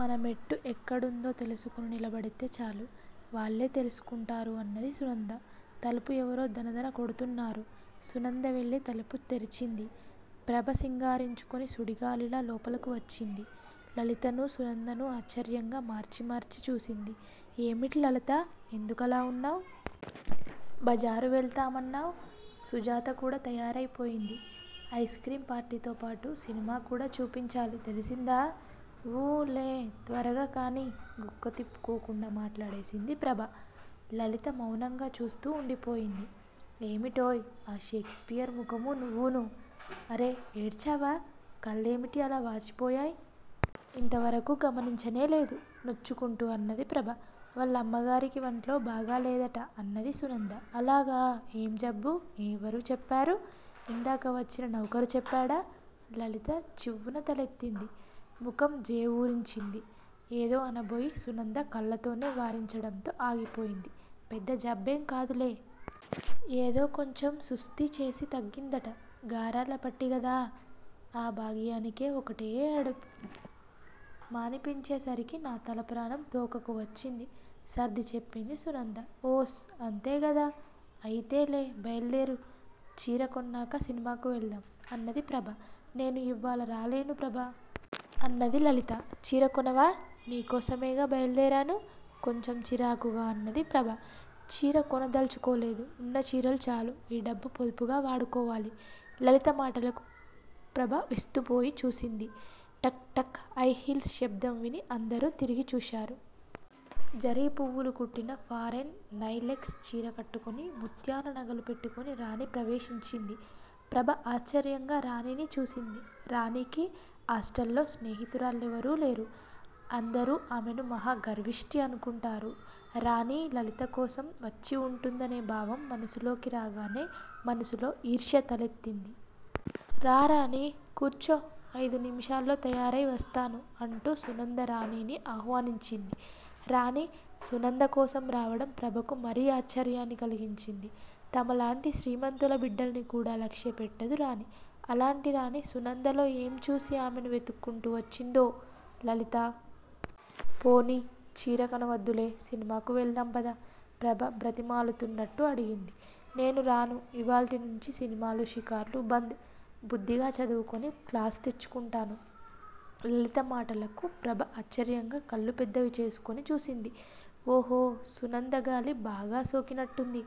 మనమెట్టు ఎక్కడుందో తెలుసుకొని నిలబడితే చాలు. వాళ్ళే తెలుసుకుంటారు అన్నది సునంద. తలుపు ఎవరో ధన ధన కొడుతున్నారు. సునంద వెళ్ళి తలుపు తెరిచింది. ప్రభ సింగారించుకొని సుడిగాలిలా లోపలకు వచ్చింది. లలితనూ, సునందనూ ఆశ్చర్యంగా మార్చి మార్చి చూసింది. ఏమిటి లలితా? ఎందుకలా వున్నావ్? బజారు వెళ్దామన్నావ్? సుజాత కూడ తయారై పోయింది. ఐస్ క్రీం పార్టీతోపాటు సినిమాకూడా చూపించాలి తెలిసిందా! ఊ! లే! త్వరగా కానియ్! గుక్కతిప్పుకోకుండా మాట్లాడేసింది ప్రభ. లలిత మౌనంగా చూస్తూ వుండిపోయింది. ఏమిటోయ్ ఆ షేక్స్ పియర్ ముఖమూ నువ్వునూ! అరే ఏడ్చావా? కళ్ళేమిటి అలా వాచిపోయాయ్? ఇంతవరకూ గమనించనేలేదు? నొచ్చుకుంటూ అన్నది ప్రభ. వాళ్ళ అమ్మగారికి వంట్లో బాగాలేదట అన్నది సునంద. అలాగా? ఏం జబ్బు? ఎవరు చెప్పారు? ఇందాక వచ్చిన నౌకరు చెప్పాడా? లలిత చివ్వున తలెత్తింది. ముఖం జేవురించింది. ఏదో అనబోయి సునంద కళ్ళతోనే వారించడంతో ఆగిపోయింది. పెద్ద జబ్బేం కాదులే. ఏదో కొంచెం సుస్తీ చేసి తగ్గిందట. గారాలపట్టి గదా! ఆ భాగ్యానికే ఒకటే ఏడుపు. మానిపించే సరికి నా తలప్రాణం తోకకి వచ్చింది సర్ది చెప్పింది సునంద. ఓస్ అంతేగదా! అయితే లే బయలుదేరు. చీర కొన్నాక సినిమాకు వెళ్దాం! అన్నది ప్రభ. నేను ఇవ్వాళ రాలేను ప్రభా! అన్నది లలిత. చీర కొనవా? నీ కోసమేగా బయలుదేరాను? కొంచెం చిరాకుగా అన్నది ప్రభ. చీర కొనదల్చుకోలేదు. వున్న చీరలు చాలు. ఈ డబ్బు పొదుపుగా వాడుకోవాలి. లలిత మాటలకు ప్రభ విస్తుబోయి చూసింది. టక్ టక్ హైహీల్స్ శబ్దం విని అందరూ తిరిగి చూశారు. జరీ పువ్వులు కుట్టిన ఫారెన్ నై లెక్స్ చీర కట్టుకొని, ముత్యాల నగలు పెట్టుకొని రాణి ప్రవేశించింది. ప్రభ ఆశ్చర్యంగా రాణీని చూసింది. రాణీకి హాస్టల్లో స్నేహితురాళ్లెవరూ లేరు. అందరూ ఆమెను మహా గర్విష్టి అనుకుంటారు. రాణీ లలితకోసం వచ్చివుంటుందనే భావం మనసులోకి రాగానే మనసులో ఈర్ష్య తలెత్తింది. రా! రాణీ? కూర్చో! ఐదు నిముషాల్లో తయారై వస్తాను అంటూ సునంద రాణీని ఆహ్వానించింది. రాణి సునంద కోసం రావడం ప్రభకు మరీ ఆశ్చర్యాన్ని కలిగించింది. తమలాంటి శ్రీమంతుల బిడ్డల్ని కూడా లక్ష్యపెట్టదు రాణి. అలాంటి రాణి సునందలో ఏంచూసి ఆమెను వెతుక్కుంటూ వచ్చిందో? లలితా! పోనియ్ చీర కొనవద్దులే సినిమాకు వెళ్దాం పద! ప్రభ బ్రతిమాలుతున్నట్టు అడిగింది. నేను రాను! ఇవ్వాల్టినుంచి సినిమాలు, షికార్లూ బంద్. బుద్ధిగా చదువుకొని క్లాసు తెచ్చుకుంటాను. లలిత మాటలకు ప్రభ ఆశ్చర్యంగా కళ్ళు పెద్దవి చేసుకొని చూసింది. ఓహో! సునంద గాలి బాగా సోకినట్టుంది!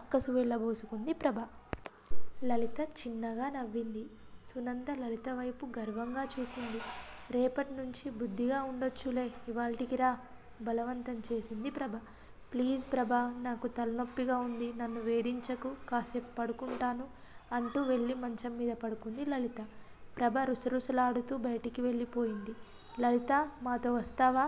అక్కసు వెళ్ళబోసుకుంది ప్రభ. లలిత చిన్నగా నవ్వింది. సునంద లలితవైపు గర్వంగా చూసింది. రేపటినుంచి బుద్ధిగా వుండొచ్చులే ఇవ్వాల్టికిరా! బలవంతం చేసింది ప్రభ. ప్లీజ్ ప్రభా! నాకు తలనొప్పిగా వుంది. నన్ను వేధించకు. కాసేపు పడుకుంటాను అంటూవెళ్ళి మంచం మీద పడుకుంది లలిత. ప్రభ రుసరుసలాడుతూ బయటికి వెళ్ళిపోయింది. లలితా మాతో వస్తావా?